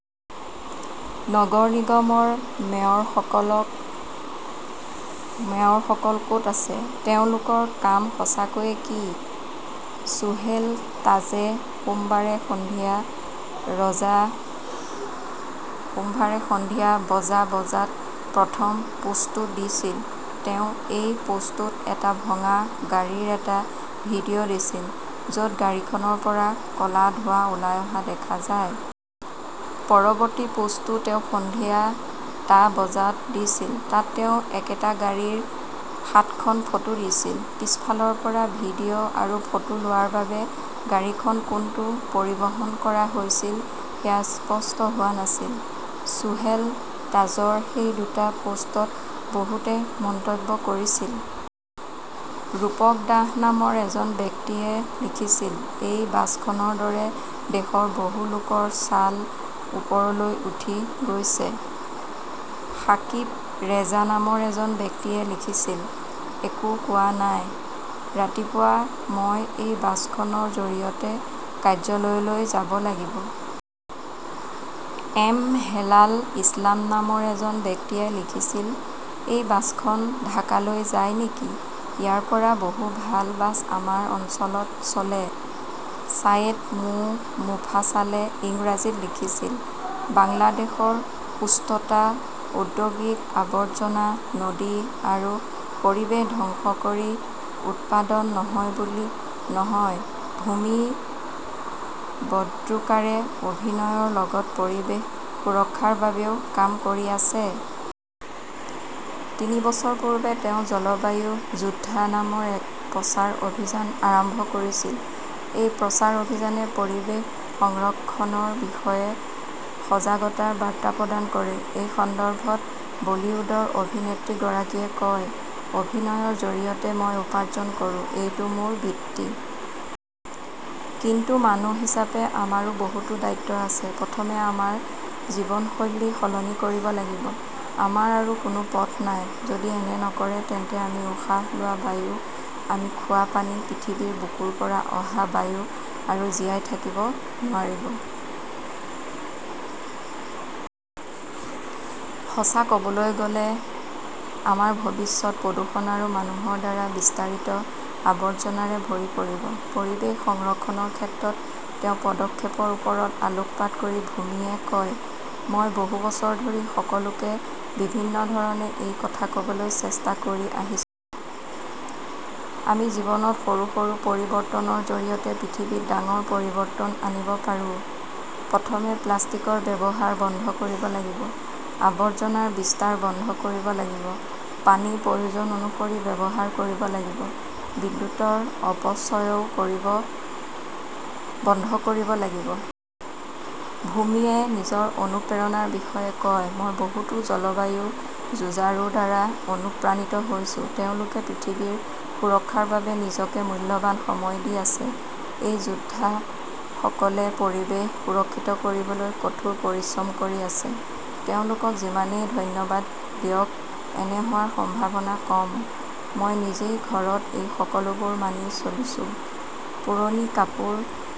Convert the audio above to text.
নগৰ নিগমৰ মেয়ৰসকল ক "ত আছে? তেওঁলোকৰ কাম সঁচাকৈয়ে কি? 'চোহেল তাজে সোমবাৰে সন্ধিয়া বজা বজাত প্ৰথম পোষ্টটো দিছিল। তেওঁ এই পোষ্টটোত এটা ভঙা গাড়ীৰ এটা ভিডিঅ "দিছিল। য 'ত গাড়ীখনৰ পৰা ক' লা ধোঁৱা ওলাই অহা দেখা যায়। পৰৱৰ্তী পোষ্টটো তেওঁ সন্ধিয়া টা বজাত দিছিল। তাত তেওঁ একেটা গাড়ীৰ সাতখন ফটো দিছিল। পিছফালৰ পৰা ভিডিঅ 'আৰু ফটো লোৱাৰ বাবে গাড়ীখন কোনটো পৰিবহণ কৰা হৈছিল সেয়া স্পষ্ট হোৱা নাছিল। চোহেল তাজৰ সেই দুটা পোষ্টত বহুতে মন্তব্য কৰিছিল। ৰূপক দাস নামৰ এজন ব্যক্তিয়ে লিখিছিল, "এই বাছখনৰ দৰে দেশৰ বহু লোকৰ ছাল ওপৰলৈ উঠি গৈছে! " 'সাকিব ৰেজা নামৰ এজন ব্যক্তিয়ে লিখিছিল,' একো কোৱা নাই। ৰাতিপুৱা মই এই বাছখনৰ জৰিয়তে কাৰ্যালয়লৈ যাব লাগিব। 'এম হেলাল ইছলাম নামৰ এজন ব্যক্তিয়ে লিখিছিল,' এই বাছখন ঢাকালৈ যায় নেকি? ইয়াৰ পৰা বহু ভাল বাছ আমাৰ অঞ্চলত চলে! "ছায়েদ মো. মোফাছালে ইংৰাজীত লিখিছিল, 'বাংলাদেশৰ সুস্থতা "। ঔদ্যোগিক আৱৰ্জনা নদী আৰু পৰিৱেশ ধ্বংস কৰি উৎপাদন নহয় ভূমি বদ্নেকাৰে অভিনয়ৰ লগতে পৰিৱেশ সুৰক্ষাৰ বাবেও কাম কৰি আছে। তিনি বছৰ পূৰ্বে তেওঁ জলবায়ু যোদ্ধা নামৰ এক প্ৰচাৰ অভিযান আৰম্ভ কৰিছিল। এই প্ৰচাৰ অভিযানে পৰিৱেশ সংৰক্ষণৰ বিষয়ে সজাগতাৰ বাৰ্তা প্ৰদান কৰে। এই সন্দৰ্ভত বলীউডৰ অভিনেত্ৰীগৰাকীয়ে কয়, "অভিনয়ৰ জৰিয়তে মই উপাৰ্জন কৰোঁ। এইটো মোৰ বৃত্তি। কিন্তু মানুহ হিচাপে আমাৰো বহুতো দায়িত্ব আছে। প্ৰথমে আপোনাৰ জীৱনশৈলী সলনি কৰিব লাগিব। আমাৰ আৰু কোনো পথ নাই। যদি এনে নকৰে, তেন্তে আমি উশাহ লোৱা বায়ু, আমি খোৱা পানী, পৃথিৱীৰ বুকুৰ পৰা অহা বায়ু আৰু জীয়াই থাকিব নোৱাৰিব। সঁচা ক "বলৈ গ" লে, আমাৰ ভৱিষ্যত প্ৰদূষণ আৰু মানুহৰ দ্বাৰা বিস্তাৰিত আৱৰ্জনাৰে ভৰি পৰিব। 'পৰিৱেশ সংৰক্ষণৰ ক্ষেত্ৰত তেওঁৰ পদক্ষেপৰ ওপৰত আলোকপাত কৰি ভূমিয়ে কয়,' মই বহু বছৰ ধৰি সকলোকে বিভিন্ন ধৰণে এই কথা ক 'বলৈ চেষ্টা কৰি আহিছো। আমি জীৱনত সৰু সৰু পৰিৱৰ্তনৰ জৰিয়তে পৃথিৱীত ডাঙৰ পৰিৱৰ্তন আনিব পাৰোঁ। প্ৰথমে প্লাষ্টিকৰ ব্যৱহাৰ বন্ধ কৰিব লাগিব। আৱৰ্জনাৰ বিস্তাৰ বন্ধ কৰিব লাগিব। পানী প্ৰয়োজন অনুসৰি ব্যৱহাৰ কৰিব লাগিব। বিদ্যুৎৰ অপচয়ও বন্ধ কৰিব লাগিব। 'ভূমিৱে নিজৰ অনুপ্ৰেৰণাৰ বিষয়ে কয়,' মই বহুতো জলবায়ু যুঁজাৰুৰ দ্বাৰা অনুপ্ৰাণিত হৈছো। তেওঁলোকে পৃথিৱীৰ সুৰক্ষাৰ বাবে নিজকে মূল্যৱান সময় দি আছে। এই যোদ্ধাসকলে পৰিৱেশ সুৰক্ষিত কৰিবলৈ কঠোৰ পৰিশ্ৰম কৰি আছে। তেওঁলোকক যিমানেই ধন্যবাদ দিয়ক, এনে হোৱাৰ সম্ভাৱনা কম। মই নিজেই ঘৰত এই সকলোবোৰ মানি চলিছোঁ। পুৰণি কাপোৰ